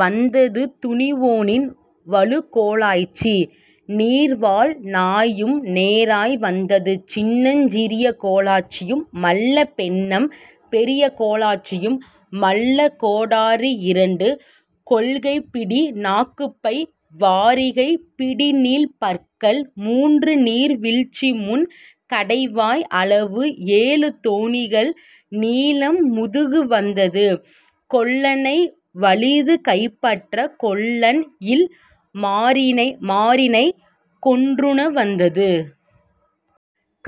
வந்தது துவோனியின் வலுக்கோலாச்சி நீர்வாழ் நாயும் நேராய் வந்தது சின்னஞ் சிறியகோலாச்சியு மல்ல பென்னம் பெரியகோலாச்சியு மல்ல கோடரி இரண்டு கொள்கைப்பிடி நாக்குப்பை வாரிகைப் பிடிநீள் பற்கள் மூன்றுநீர் வீழ்ச்சிமுன் கடைவாய் அளவு ஏழு தோணிகள் நீளம் முதுகு வந்தது கொல்லனை வலிதுகைப்பற்ற கொல்லன்இல் மரினனைக் கொன்றுண வந்தது.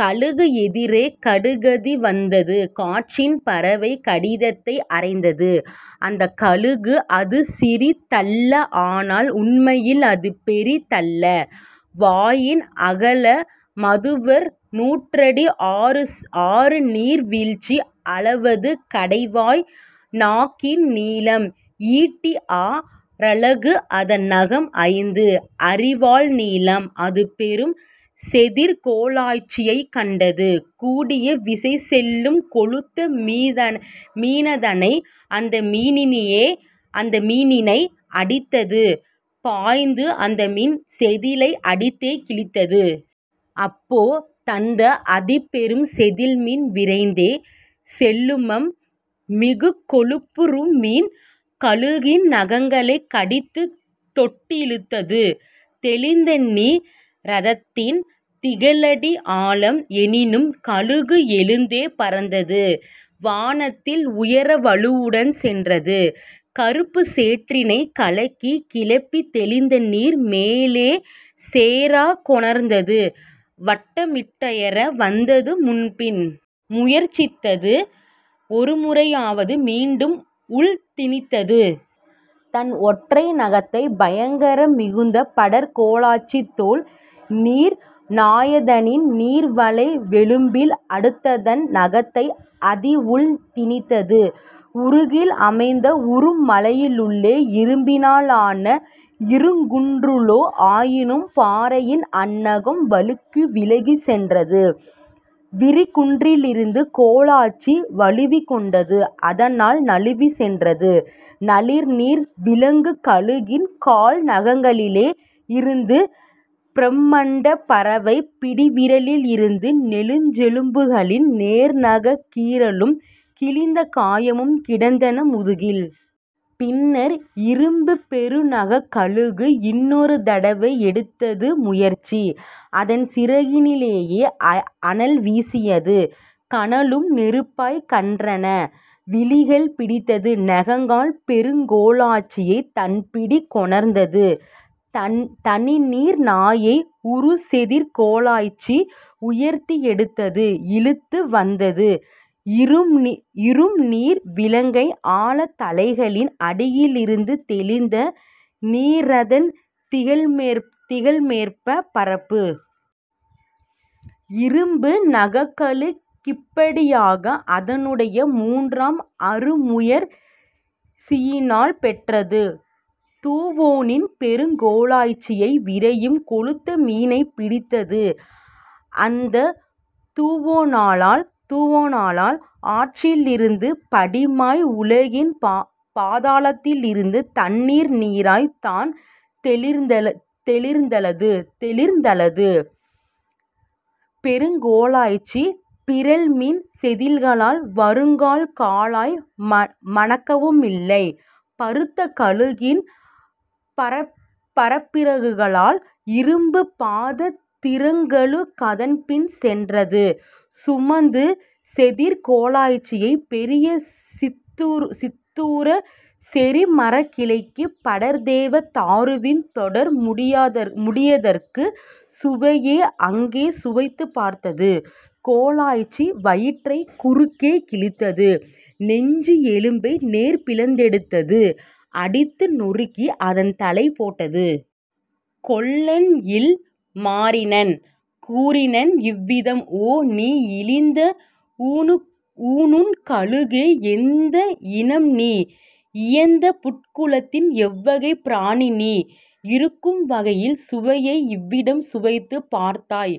கழுகு எதிரே கடுகதி வந்தது காற்றின் பறவை கடிததை அறைந்தது அந்தக் கழுகு அதுசிறி தல்ல ஆனால் உண்மையில் அதுபெரி தல்ல வாயின் அகல மதுவறு நூறடி ஆறுநீர் வீழ்ச்சி அளவது கடைவாய் நாக்கின் நீளம் ஈட்டிஆ றலகு அதன்நகம் ஐந்து அரிவாள் நீளம்; அதுபெரும் செதிற்கோலாச்சியைக் கண்டது கூடிய விசைசெலும் கொழுத்த மீனதனை அந்தமீனினையே அடித்தது பாய்ந்து அந்தமீன் செதிலை அடித்தே கிழித்தது. அப்போ தந்த அதிபெரும் செதில்மீன் விரைந்தே செல்லுமம் மிகுகொழுப்புறுமீன் கழுகின் நகங்களைக் கடிதுதொட்டிழுத்தது தெளிந்தநீ ரதனின் திகழடி ஆழம் என்னினும் கழுகு எழுந்தே பறந்தது வானதில் உயர வலுவுடன் சென்றது கறுப்புச் சேற்றினைக் கலக்கிக் கிளப்பி தெளிந்தநீர் மேலே சேரக் கொணர்ந்தது. வட்டமிட்டுயர வந்தது முன்பின் முயற்சித்தது ஒருமுறையது மீண்டும் உள்திணித்தது தன்ஒற்றை நகத்தை பயங்கர மிகுந்த படர்கோலாச்சிதோள் நீர்நாயதனின் நீள்வளை வெலும்பில் அடுத்ததன் நகத்தை அதிஉள் திணித்தது உருக்கில் அமைந்த உறும்மலையுள்ளே இரும்பினால் ஆன இருங்குன்றுள்ளே ஆயினும் பாறையில் அந்நகம் வழுக்கி விலகிச் சென்றது விரிகுன்றிருந்து கோலாச்சி வழுவிக் கொண்டது அதனால் நழுவிச் சென்றது நளிர்நீர் விலங்கு கழுகின் கால்நகங்களிலே யிருந்து பிரமண்டப் பறவைப் பிடிவிரலிருந்து நெஞ்செலும்புகளில் நேர்நகக் கீறலும் கிழித்த காயமும் கிடந்தன முதுகில். பின்னர் இரும்புப் பெருநகக்கழுகு இன்னொரு தடவை எடுத்தது முயற்சி அதன்சிறகினிலே அனல்வீசியது கனலும் நெருப்பாய்க் கனன்றன விழிகள் பிடித்தது நகங்களால் பெருங்கோலாச்சியை தன்பிடிக் கொணர்ந்தது தனிநீர் நாயை உறுசெதிர்கோலாச்சி உயர்த்தி எடுத்தது இழுத்து வந்தது இரும்நீர் விலங்கை ஆழத் தலைகளின் அடியிலிருந்து தெளிந்த நீரதன் திகழ்மேற்ப பரப்பு. இரும்பு நகக்கழு கிப்படி யாக அதனுடை மூன்றாம் அருமுயற் சியினால் பெற்றது துவோனியின் பெருங்கோலாச்சியை விரையும் கொழுத்த மீனைப் பிடித்தது அந்தத் துவோனலா ஆற்றிலிருந்து படுமாய் வுலகின் பாதளத்திலிருந்து தண்ணீர் நீராய்த் தான்தெரிந்திலது பெருங்கோலாச்சிப் பிறழ்மீன் செதில்களால் வருகால்காலாய் மணக்கவுமில்லை பருத்த கழுகின் பறப்பிறகுகளால். இரும்புப் பாதத் திருங்கழு கதன்பின் சென்றது சுமந்து செதிற்கோலாச்சியை பெரியசிந்தூரச் செறிமரக்கிளைக்கு படர்தேவ தாருவின் தொடர்முடியதற்கு சுவையை அங்கே சுவைத்துப் பார்த்தது கோலாச்சி வயிற்றைக் குறுக்கே கிழித்தது நெஞ்சு எலும்பை நேர்பிளந்தடுத்தது அடித்து நொருக்கி அதன்தலை போட்டது. கொல்லன்இல் மரினன் கூறினன் இவ்விதம்: ஓ நீ இழிந்த ஊனுண்கழுகே எந்த இனம்நீ இயைந்தபுட்குலத்தில் எவ்வகைப் பிராணிநீ இருக்கும் வகையில் சுவையை இவ்விடம் சுவைத்துப் பார்த்தாய்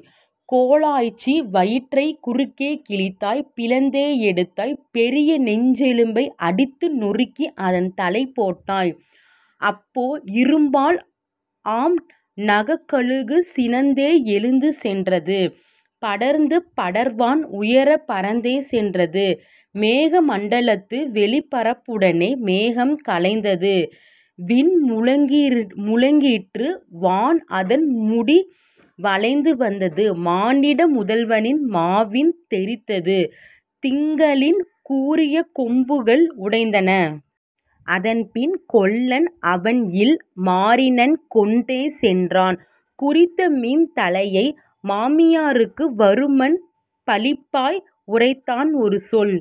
கோலாச்சி வயிற்றைக் குறுக்கே கிழித்தாய் பிளந்தே எடுத்தாய் பெரியநெஞ்செலும்பை அடித்து நொருக்கி அதன்தலை போட்டாய். அப்போ இரும்பால் ஆம்நகக்கழுகு சினந்தே எழுந்து சென்றது பறந்து படர்வான் உயரப் பறந்தே சென்றது மேகமண்டலத்து வெளிபரப்புடே மேகம் கலைந்தது விண்முழங்கிற்று வான்அதன் மூடி வளைந்து வந்தது மானிட முதல்வனின் மாவில் தெறித்தது திங்களின் கூரிய கொம்புகள் உடைந்தன. அதன்பின் கொல்லன் அவன்இல் மரினன் கொண்டே சென்றான் குறித்தமீன் தலையை மாமியாருக்கு வருமன் பளிப்பாய் உரைத்தான் ஒருசொல்